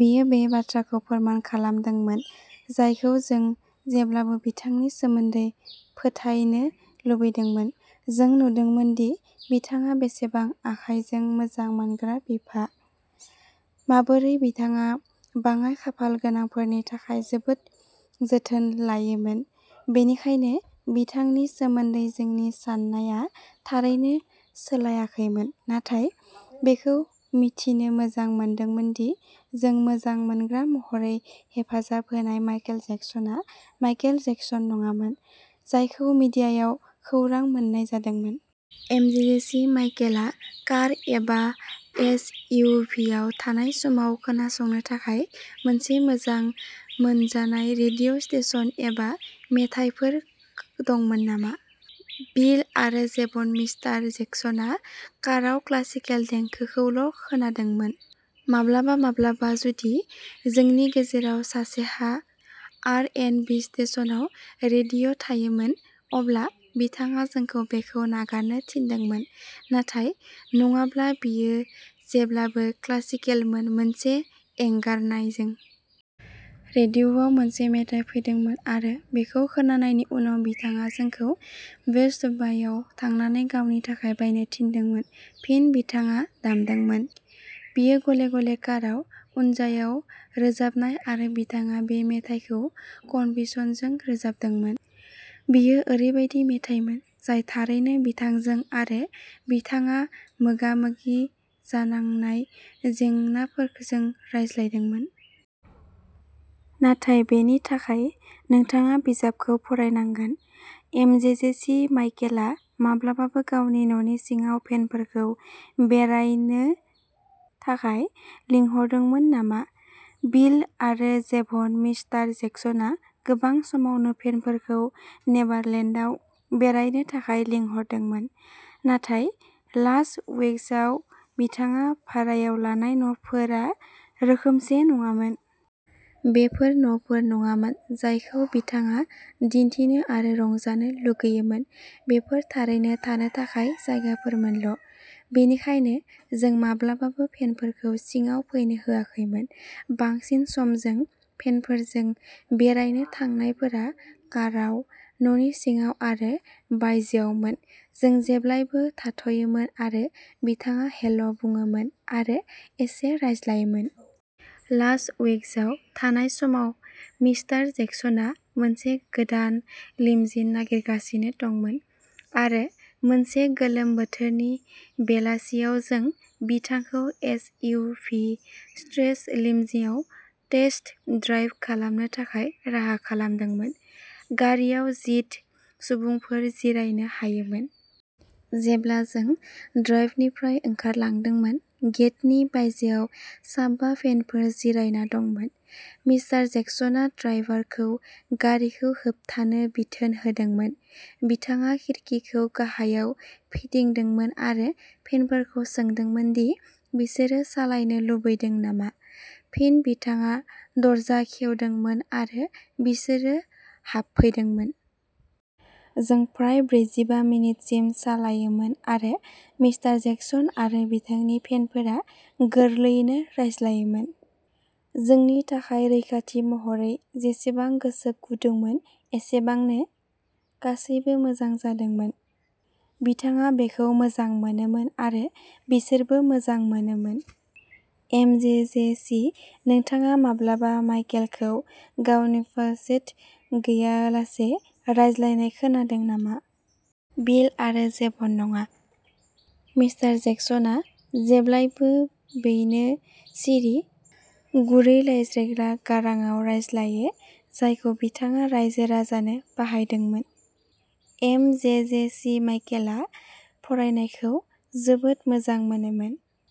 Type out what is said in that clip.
बेयो बै बाथ्राखौ फोरमान खालामदोंमोन जायखौ जों जेब्लाबो बिथांनि सोमोन्दै फोथायनो लुबैदोंमोन। जों नुदोंमोनदि बिथाङा बेसेबां आखाइजों मोजां मोनग्रा बिफा, माबोरै बिथाङा बाङाइ खाफाल गोनांफोरनि थाखाय जोबोद जोथोन लायोमोन। बेनिखायनो, बिथांनि सोमोन्दै जोंनि साननाया थारैनो सोलायाखैमोन, नाथाय बेखौ मिथिनो मोजां मोनदोंमोनदि जों मोजां मोनग्रा महरै हेफाजाब होनाय माइकेल जेक्सनआ माइकेल जेक्सन नङामोन जायखौ मिडियायाव खौरां मोन्नाय जादोंमोन। एमजेजेसी माइकेलहा कार एबा एस यु भिआव थानाय समाव खोनासंनो थाखाय मोनसे मोजां मोनजानाय रेडिअ' स्टेशन एबा मेथाइफोर दंमोन नामा? बिल आरो जेभन मिस्टार जेक्सनआ कारआव क्लासिकेल देंखोखौल' खोनादोंमोन। माब्लाबा-माब्लाबा, जुदि जोंनि गेजेराव सासेहा आर एन्ड बि स्टेशनआव रेडिअ' थायोमोन, अब्ला बिथाङा जोंखौ बेखौ नागारनो थिनदोंमोन, नाथाय नङाब्ला बेयो जेब्लाबो क्लासिकेलमोन मोनसे एंगारनायजों। रेडिअ'आव मोनसे मेथाइ फैदोंमोन आरो बेखौ खोनानायनि उनाव बिथाङा जोंखौ बेस्ट बायआव थांनानै गावनि थाखाय बायनो थिनदोंमोन। फिन बिथाङा दामदोंमोन। बेयो गले-गले काराव, उनजायाव रोजाबनाय आरो बिथाङा बै मेथाइखौ कनभिचिसनजों रोजाबदोंमोन। बेयो ओरैबायदि मेथाइमोन जाय थारैनो बिथांजों आरो बिथाङा मोगा-मोगि जानांनाय जेंनाफोरजों रायज्लायदोंमोन। नाथाय बेनि थाखाय नोंथाङा बिजाबखौ फरायनांगोन। एमजेजेसि माइकेलआ माब्लाबाबो गावनि न'नि सिङाव फेनफोरखौ बेरायनो थाखाय लिंहरदोंमोन नामा? बिल आरो जेभन मिस्टार जेक्सनआ गोबां समावनो फेनफोरखौ नेभारलेन्डआव बेरायनो थाखाय लिंहरदोंमोन, नाथाय लास वेगासआव बिथाङा भारायाव लानाय न'फोरा रोखोमसे नङामोन। बेफोर न'फोर नङामोन जायखौ बिथाङा दिन्थिनो आरो रंजानो लुगैयोमोन। बेफोरो थारैनो थानो थाखाय जायगाफोरल'मोन। बेनिखायनो जों माब्लाबाबो फेनफोरखौ सिङाव फैनो होआखैमोन। बांसिन सम जों फेनफोरजों बेरायनो थांनायफोरा काराव, न'नि सिङाव आरो बायजोआवमोन। जों जेब्लाबो थाथ'योमोन आरो बिथाङा हेल' बुङोमोन आरो एसे रायज्लायोमोन। लास वेगासआव थानाय समाव, मिस्टार जेक्सनआ मोनसे गोदान लिम'जिन नागिरगासिनो दंमोन, आरो मोनसे गोलोम बोथोरनि बेलासियाव जों बिथांखौ एस. यु. भि. स्ट्रेच लिम'सिनआव टेस्ट ड्राइभ खालामनो थाखाय राहा खालामदोंमोन। गारिआव जिद' सुबुंफोर जिरायनो हायोमोन। जेब्ला जों ड्राइभवेनिफ्राय ओंखारलांदोंमोन, गेटनि बायजोआव सा बा फेनफोर जिरायना दंमोन। मिस्टार जेक्सनआ ड्राइभारखौ गारिखौ होबथानो बिथोन होदोंमोन, बिथाङा खिरखिखौ गाहायाव फिदिंदोंमोन आरो फेनफोरखौ सोंदोंमोन दि बिसोर सालायनो लुबैदों नामा। फिन बिथाङा दरजा खेवदोंमोन आरो बिसोरो हाबफैदोंमोन। जों फ्राय ब्रैजिबा मिनिटसिम सालायोमोन आरो मिस्टार जेक्सन आरो बिथांनि फेनफोरा गोरलैयैनो रायज्लायोमोन। जोंनि थाखाय रैखाथि महरै जेसेबां गोसो गुदुंमोन एसेबांनो, गासैबो मोजां जादोंमोन। बिथाङा बेखौ मोजां मोनोमोन आरो बिसोरबो मोजां मोनोमोन। एम जे जे सि नोंथाङा माब्लाबाबो माइकेलखौ गावनि फाल्सेट्ट' गैयालासे रायज्लायनाय खोनादों नामा? बिल आरो जेभन नङा। मिस्टार जेक्सनआ जेब्लाबो बैनो सिरि, गुरै रायज्लायग्रा गारांआव रायज्लायो जायखौ बिथाङा रायजो-राजानो बाहायदोंमोन। एम जे जे सि माइकेलआ फरायनायखौ जोबोद मोजां मोनोमोन।